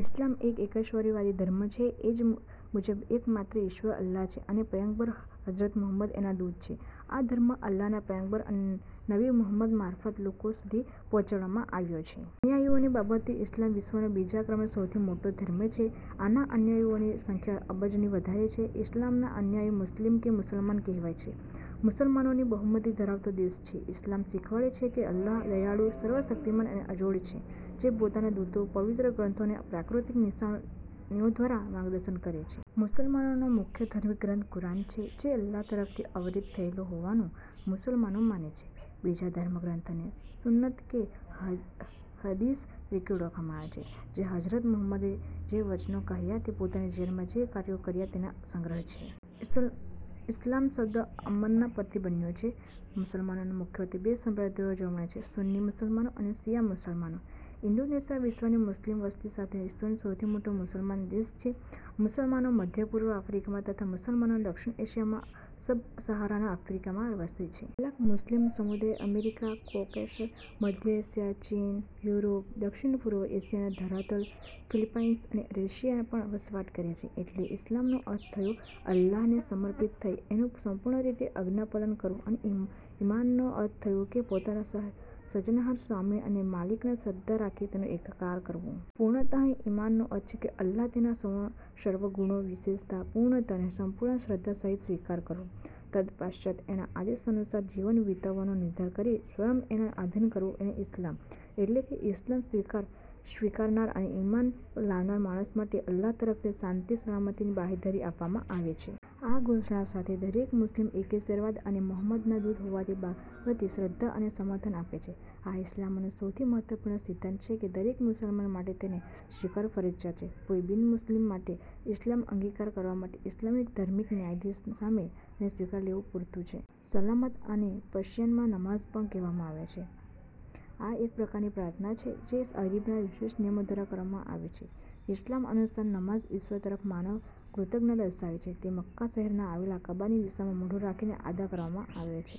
ઇસ્લામ એક એકેશ્વરવાદી ધર્મ છે એ મુજબ એક માત્ર ઈશ્વર " અલ્લાહ " છે અને પયગંબર હજરત મુહમ્મદ એના દૂત છે. આ ધર્મ અલ્લાહના પયગંબર અને નબી મુહંમદ મારફત લોકો સુધી પહોંચાડવામાં આવ્યો. અનુયાયીઓની બાબતે ઇસ્લામ વિશ્વનો બીજા ક્રમનો સૌથી મોટો ધર્મ છે. આના અનુયાયીઓની સંખ્યા અબજથી વધારે છે, ઇસ્લામના અનુયાયી મુસ્લિમ કે મુસલમાન કહેવાય છે. મુસલમાનોની બહુમતી ધરાવતા દેશો છે. ઇસ્લામ શીખવાડે છે કે અલ્લાહ દયાળુ, સર્વ શક્તિમાન અને અજોડ છે જે પોતાના દૂતો, પવિત્ર ગ્રંથો અને પ્રાકૃતિક નિશાનીઓ દ્વારા માર્ગદશન કરે છે. મુસલમાનોનો મુખ્ય ધાર્મિક ગ્રંથ કુરાન છે જે અલ્લાહ તરફથી અવતરિત થયો હોવાનું મુસલમાનો માને છે. બીજા ધર્મગ્રંથોને સુન્નત કે હદીસ તરીકે ઓળખવામાં આવે છે, જે હજરત મુહમ્મદે જે વચનો કહ્યાં કે પોતાના જીવનમાં જે કાર્યો કર્યા એના સંગ્રહ છે. ઇસ્લામ શબ્દ અ-મ-ન પરથી બન્યો છે. મુસલમાનોમાં મુખ્યત્વે બે સંપ્રદાયો જોવા મળે છે. સુન્ની મુસલમાનો અને શિયા મુસલમાનો. ઇન્ડોનેશિયા વિશ્વનની મુસ્લિમ વસ્તી સાથે વિશ્વનો સૌથી મોટો મુસ્લિમ દેશ છે. મુસલમાનો મધ્ય-પૂર્વ અને આફ્રિકામાં તથા મુસલમાનો દક્ષિણ એશિયા માં અને સબ-સહારાના આફ્રિકામાં વસે છે. કેટલાક મુસ્લિમ સમૂદાયો અમેરિકા, કોકેસસ, મધ્ય એશિયા, ચીન, યુરોપ, દક્ષિણ પૂર્વ એશિયાના ધરાતલ, ફિલીપાઈન્સ અને રશિયામાં પણ વસવાટ કરે છે. એટલે ઇસ્લામનો અર્થ થયો કે અલ્લાહને સમર્પિત થઈ એનું સંપૂર્ણ રીતે આજ્ઞાપાલન કરવું અને ઈમાનનો અર્થ થયો કે પોતાના સર્જનહાર, સ્વામી અને માલિકમાં શ્રદ્ધા રાખી તેનો એકરાર કરવો. પૂર્ણતઃ ઈમાનનો અર્થ છે અલ્લાહને તેના સર્વગુણો, વિશેષતા, પૂર્ણતા અને સંપૂર્ણ શ્રદ્ધા સહિત સ્વીકારવું. તદ્ પશ્ચાત એના આદેશાનુસાર જીવન વિતાવવાનો નિર્ધાર કરી સ્વંયને એના આઘીન કરવું એ ઇસ્લામ. એટલે કે ઇસ્લામ સ્વીકારનાર અને ઈમાન લાવનાર માણસ માટે અલ્લાહ તરફથી શાંતિ સલામતીની બાંહેધરી આપવામાં આવે છે. આ ઘોષણા સાથે, દરેક મુસ્લિમ એકેશ્વરવાદ અને મોહમ્મદના દૂત હોવાની બાબતને શ્રદ્ધા અને સમર્થન આપે છે. આ ઇસ્લામનો સૌથી મહત્વપૂર્ણ સિદ્ધાંત છે. દરેક મુસલમાન માટે તેને સ્વીકારવું ફરજિયાત છે. કોઈ બિનમુસ્લિમ માટે ઇસ્લામ અંગીકાર કરવા માટે ઇસ્લામિક ધાર્મિક ન્યાયાધીશની સામે આને સ્વીકારી લેવું પૂરતું છે. સલાત આને પર્શિયનમાં નમાઝ પણ કહેવામાં આવે છે. આ એક પ્રકારની પ્રાર્થના છે જે અરબીમાં વિશેષ નિયમો દ્વારા કરવામાં આવે છે. ઇસ્લામ અનુસાર, નમાઝ ઈશ્વર તરફ માનવ કૃતજ્ઞતા દર્શાવે છે. તે મક્કા શહેરમાં આવેલા કાબાની દિશામાં મોઢું રાખીને અદા કરવામાં આવે છે.